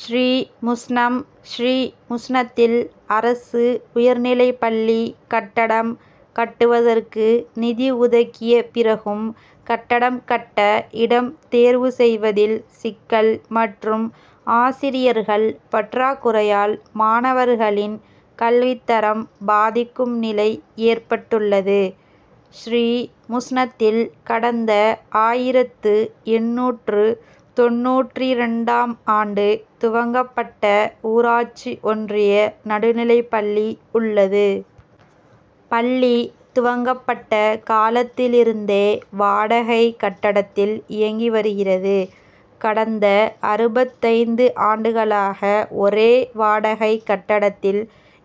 ஸ்ரீமுஷ்ணம் ஸ்ரீமுஷ்ணத்தில் அரசு உயர்நிலைப் பள்ளி கட்டடம் கட்டுவதற்கு நிதி ஒதுக்கிய பிறகும் கட்டடம் கட்ட இடம் தேர்வு செய்வதில் சிக்கல் மற் றும் ஆசிரியர்கள் பற்றாக் குறையால் மாணவர்களின் கல்வித்தரம் பாதிக் கும் நிலை ஏற்பட் டுள்ளது. ஸ்ரீமுஷ்ணத்தில் கடந்த ஆயிரத்து எண்ணூற்று தொண்ணூற்றிரண்டாம் ஆண்டு துவங்கப் பட்ட ஊராட்சி ஒன்றிய நடுநிலைப்பள்ளி உள்ளது. பள்ளி துவங்கப்பட்ட காலத்திலிருந்தே வாடகை கட்டடத்தில் இயங்கி வருகிறது. கடந்த அறுபத்தைந்து ஆண்டுகளாக ஒரே வாடகை கட்டடத்தில்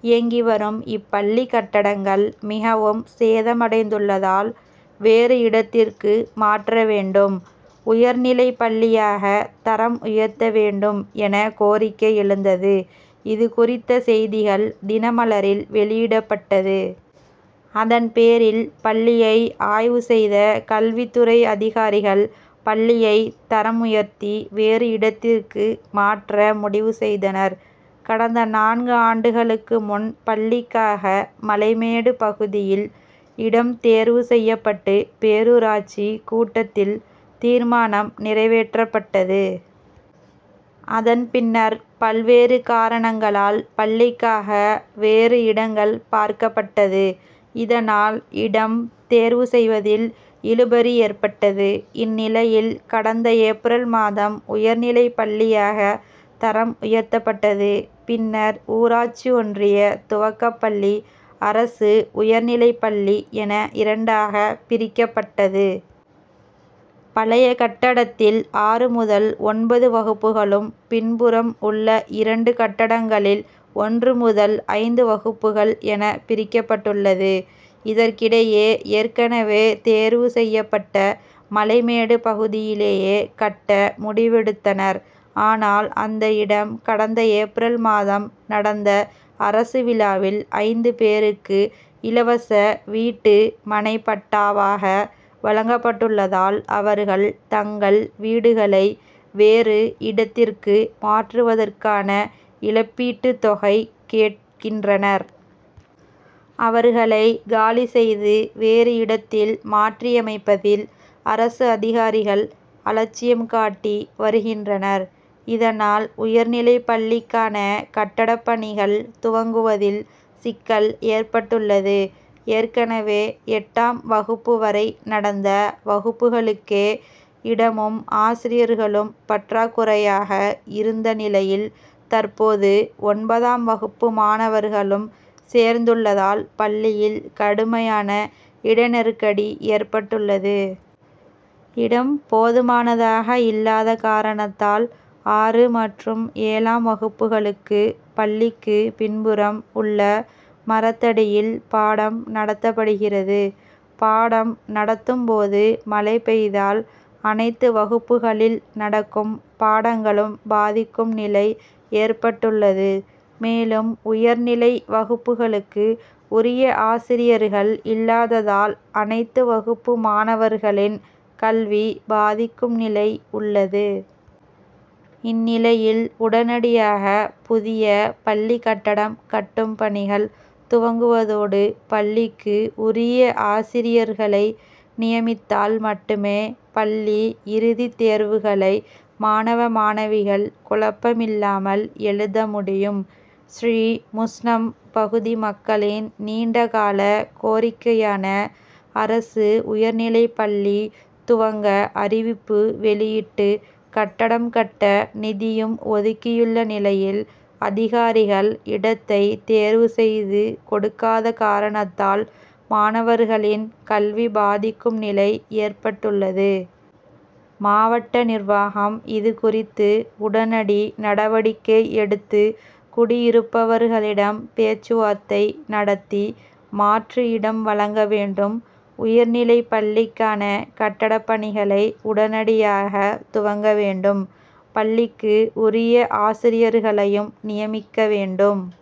இயங்கி வரும் இப்பள்ளி கட்டடங்கள் மிகவும் சேதமடைந்துள்ளதால் வேறு இடத்திற்கு மாற்ற வேண்டும். உயர்நிலைப் பள்ளியாக தரம் உயர்த்த வேண்டும் என கோரிக்கை எழுந்தது. இது குறித்த செய்திகள் தினமலரில் வெளியிடப்பட்டது. அதன் பேரில் பள்ளியை ஆய்வு செய்த கல்வித் துறை அதிகாரிகள், பள் ளியை தரம் உயர்த்தி வேறு இடத்திற்கு மாற்ற முடிவு செய்தனர். கடந்த நான்கு ஆண்டுகளுக்கு முன் பள் ளிக்காக மலைமேடு பகுதியில் இடம் தேர்வு செய்யப் பட்டு பேரூராட்சி கூட்டத் தில் தீர்மானம் நிறைவேற் றப்பட்டது. அதன் பின்னர் பல்வேறு காரணங் களால் பள்ளிக்காக வேறு இடங் கள் பார்க்கப்பட் டது. இதனால் இடம் தேர்வு செய்வதில் இழுபறி ஏற்பட்டது. இந்நிலையில் கடந்த ஏப்ரல் மாதம் உயர்நிலைப் பள்ளியாக தரம் உயர்த்தப் பட்டது. பின்னர் ஊராட்சி ஒன்றிய துவக்கப் பள்ளி, அரசு உயர்நிலைப் பள்ளி என இரண்டாக பிரிக்கப் பட்டது. பழைய கட்டடத்தில் ஆறு முதல் ஒன்பது வகுப்புகளும், பின்புறம் உள்ள இரண்டு கட்டடங்களில் ஒன்று முதல் ஐந்து வகுப்புகள் என பிரிக்கப்பட்டுள்ளது. இதற்கிடையே ஏற்கனவே தேர்வு செய்யப் பட்ட மலைமேடு பகுதியிலேயே கட்ட முடிவெடுத் தனர். ஆனால், அந்த இடம் கடந்த ஏப்ரல் மாதம் நடந்த அரசு விழாவில் ஐந்து பேருக்கு இலவச வீட்டு மனைப்பட் டா வாக வழங்கப்பட்டுள்ளதால் அவர்கள் தங்கள் வீடுகளை வேறு இடத் திற்கு மாற்றுவதற்கான இழப் பீட்டு தொகை கேட்கின்றனர். அவர்களை காலி செய்து வேறு இடத்தில் மாற்றியமைப்பதில் அரசு அதிகாரிகள் அலட்சியம் காட்டி வருகின்றனர். இதனால் உயர்நிலைப் பள்ளிக் கான கட்டடப் பணிகள் துவங்குவதில் சிக்கல் ஏற் பட்டுள்ளது. ஏற்கனவே எட்டாம் வகுப்பு வரை நடந்த வகுப்புகளுக்கே இடமும், ஆசிரியர்களும் பற்றாக்குறையாக இருந்த நிலையில் தற்போது ஒன்பதாம் வகுப்பு மாணவர்களும் சேர்ந்துள் ளதால் பள்ளியில் கடுமையான இட நெருக்கடி ஏற் பட்டுள்ளது. இடம் போதுமானதாக இல்லாத காரணத்தால் ஆறு மற்றும் ஏழாம் வகுப்புகளுக்கு பள்ளிக்கு பின்புறம் உள்ள மரத்தடியில் பாடம் நடத்தப்படுகிறது. பாடம் நடத்தும் போது மழை பெய்தால் அனைத்து வகுப்புகளில் நடக்கும் பாடங்களும் பாதிக்கும் நிலை ஏற்பட் டுள்ளது. மேலும் உயர் நிலை வகுப்புகளுக்கு உரிய ஆசிரியர்கள் இல்லாததால் அனைத்து வகுப்பு மாணவர்களின் கல்வி பாதிக்கும் நிலை உள்ளது. இந்நிலையில் உடனடியாக புதிய பள்ளி கட்டடம் கட்டும் பணிகள் துவங்குவதோடு பள்ளிக்கு உரிய ஆசிரியர்களை நியமித் தால் மட்டுமே பள்ளி இறுதித் தேர்வுகளை மாணவ, மாணவிகள் குழப்பமில்லாமல் எழுத முடியும். ஸ்ரீமுஷ்ணம் பகுதி மக்களின் நீண்டகால கோரிக் கையான அரசு உயர்நிலைப் பள்ளி துவங்க அறிவிப்பு வெளியிட்டு, கட்டடம் கட்ட நிதியும் ஒதுக்கியுள்ள நிலையில் அதிகாரிகள் இடத்தை தேர்வு செய்து கொடுக்காத காரணத்தால் மாணவர்களின் கல்வி பாதிக்கும் நிலை ஏற்பட்டுள்ளது. மாவட்ட நிர்வாகம் இது குறித்து உடனடி நடவடிக்கை எடுத்து குடியிருப்பவர்களிடம் பேச்சுவார்த்தை நடத்தி மாற்று இடம் வழங்க வேண்டும். உயர்நிலைப் பள்ளிக்கான கட்டடப் பணிகளை உடனடியாக துவங்க வேண் டும். பள்ளிக்கு உரிய ஆசிரியர்களையும் நியமிக்க வேண்டும்.